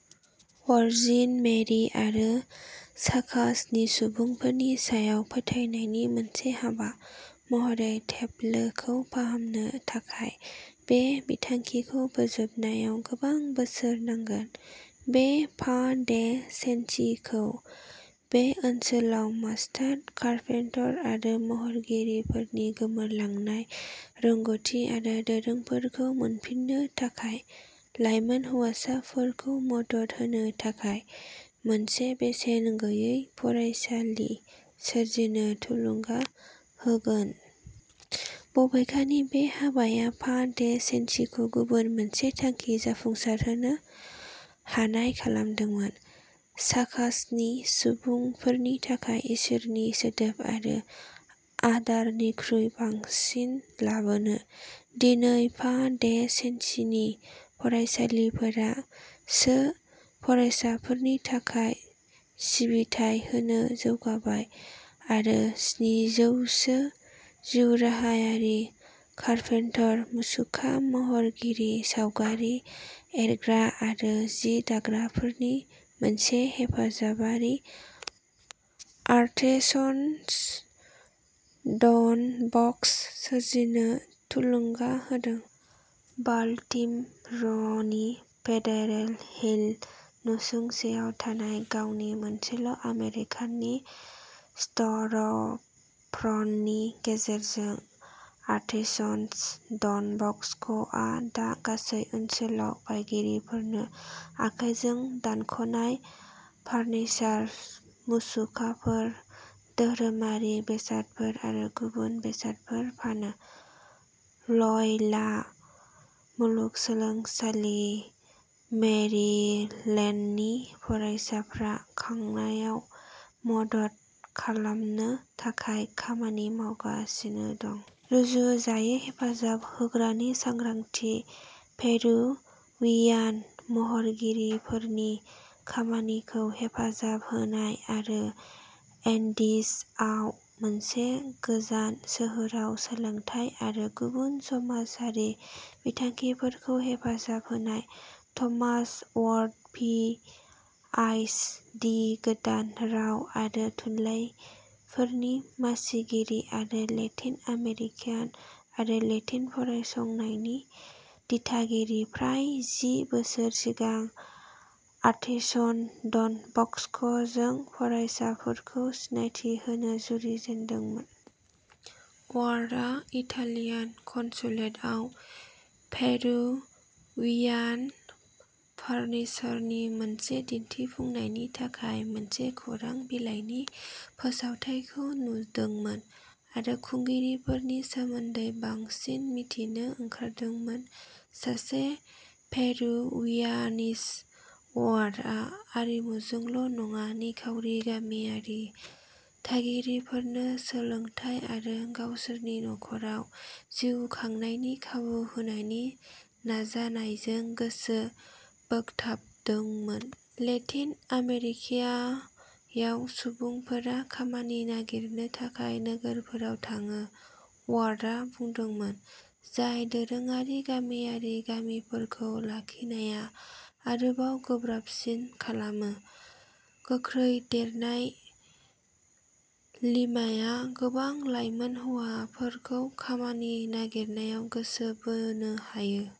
Virgin Mary आरो चाकासनि सुबुंफोरनि सायाव फोथायनायनि मोनसे हाबा महरै टेब्लोखौ फाहामनो थाखाय। बे बिथांखिखौ फोजोबनायाव गोबां बोसोर नांगोन। बेयो फा डे सेन्सिखौ बे ओनसोलाव मास्टार कारपेंटर आरो महरगिरिफोरनि गोमोरलांनाय रोंग'थि आरो दोरोंफोरखौ मोनफिन्नो थाखाय लाइमोन हौवासाफोरखौ मदद होनो थाखाय मोनसे बेसेन गैयै फरायसालि सोरजिनो थुलुंगा होगोन। बबेखानि, बे हाबाया फा डे सेन्सिखौ गुबुन मोनसे थांखि जाफुंसारहोनो हानाय खालामदोंमोन चाकासनि सुबुंफोरनि थाखाय इसोरनि सोदोब आरो आदारनिख्रुइ बांसिन लाबोनो। दिनै, फा डे सेन्सिनि फरायसालिफोरा सो फरायसाफोरनि थाखाय सिबिथाय होनो जौगाबाय आरो स्निजौसो जिउराहायारि कारपेंटर, मुसुखा महरगिरि, सावगारि एरग्रा आरो सि दाग्राफोरनि मोनसे हेफाजाबारि, आर्टेसान'स डन बस्क' सोरजिनो थुलुंगा होदों। बाल्टिम'रनि फेडारेल हिल नसुंसेआव थानाय गावनि मोनसेल' आमेरिकानि स्ट'रफ्रन्टनि गेजेरजों, आर्टेसान'स डन बस्क'आ दा गासै ओनसोलाव बायगिरिफोरनो आखाइजों दानख'नाय फार्निचार, मुसुखाफोर, धोरोमारि बेसादफोर आरो गुबुन बेसादफोर फानो। ल'य'ला मुलुगसोलोंसालि मेरिलेन्डनि फरायसाफ्रा खांनायाव मदद खालामनो थाखाय खामानि मावगासिनो दं। रुजुजायै हेफाजाब होग्रानि सांग्रांथि, पेरुवियान महरगिरिफोरनि खामानिखौ हेफाजाब होनाय आरो एन्डिजआव मोनसे गोजान सोहोराव सोलोंथाय आरो गुबुन समाजारि बिथांखिफोरखौ हेफाजाब होनाय। Thomas Ward, P H D, गोदान राव आरो थुनलाइफोरनि मासिगिरि आरो लेटिन आमेरिकान आरो लेटिन' फरायसंनायनि दिथागिरि, फ्राय जि बोसोर सिगां आर्टेसान'स डन बस्क'जों फरायसाफोरखौ सिनायथि होनो जुरिजेनदोंमोन। वार्डआ इटालियान कन्सुलेटआव पेरुवियान फार्निचारनि मोनसे दिन्थिफुंनायनि थाखाय मोनसे खौरां बिलाइनि फोसावथाइखौ नुदोंमोन आरो खुंगिरिफोरनि सोमोन्दै बांसिन मिथिनो ओंखारदोंमोन। सासे पेरुवियानिस्ट, वार्डआ आरिमुजोंल' नङा, निखावरि, गामियारि थागिरिफोरनो सोलोंथाय आरो गावसोरनि नख'राव जिउ खांनायनि खाबु होनायनि नाजानायजों गोसो बोगथाबदोंमोन। लेटिन आमेरिकायाव, सुबुंफोरा खामानि नागिरनो थाखाय नोगोरफोराव थाङो, वार्डआ बुंदोंमोन, जाय दोरोङारि, गामियारि गामिफोरखौ लाखिनाया आरोबाव गोब्राबसिन खालामो। गोख्रै देरनाय लिमाया गोबां लाइमोन हौवाफोरखौ खामानि नागिरनायाव गोसो बोनो हायो।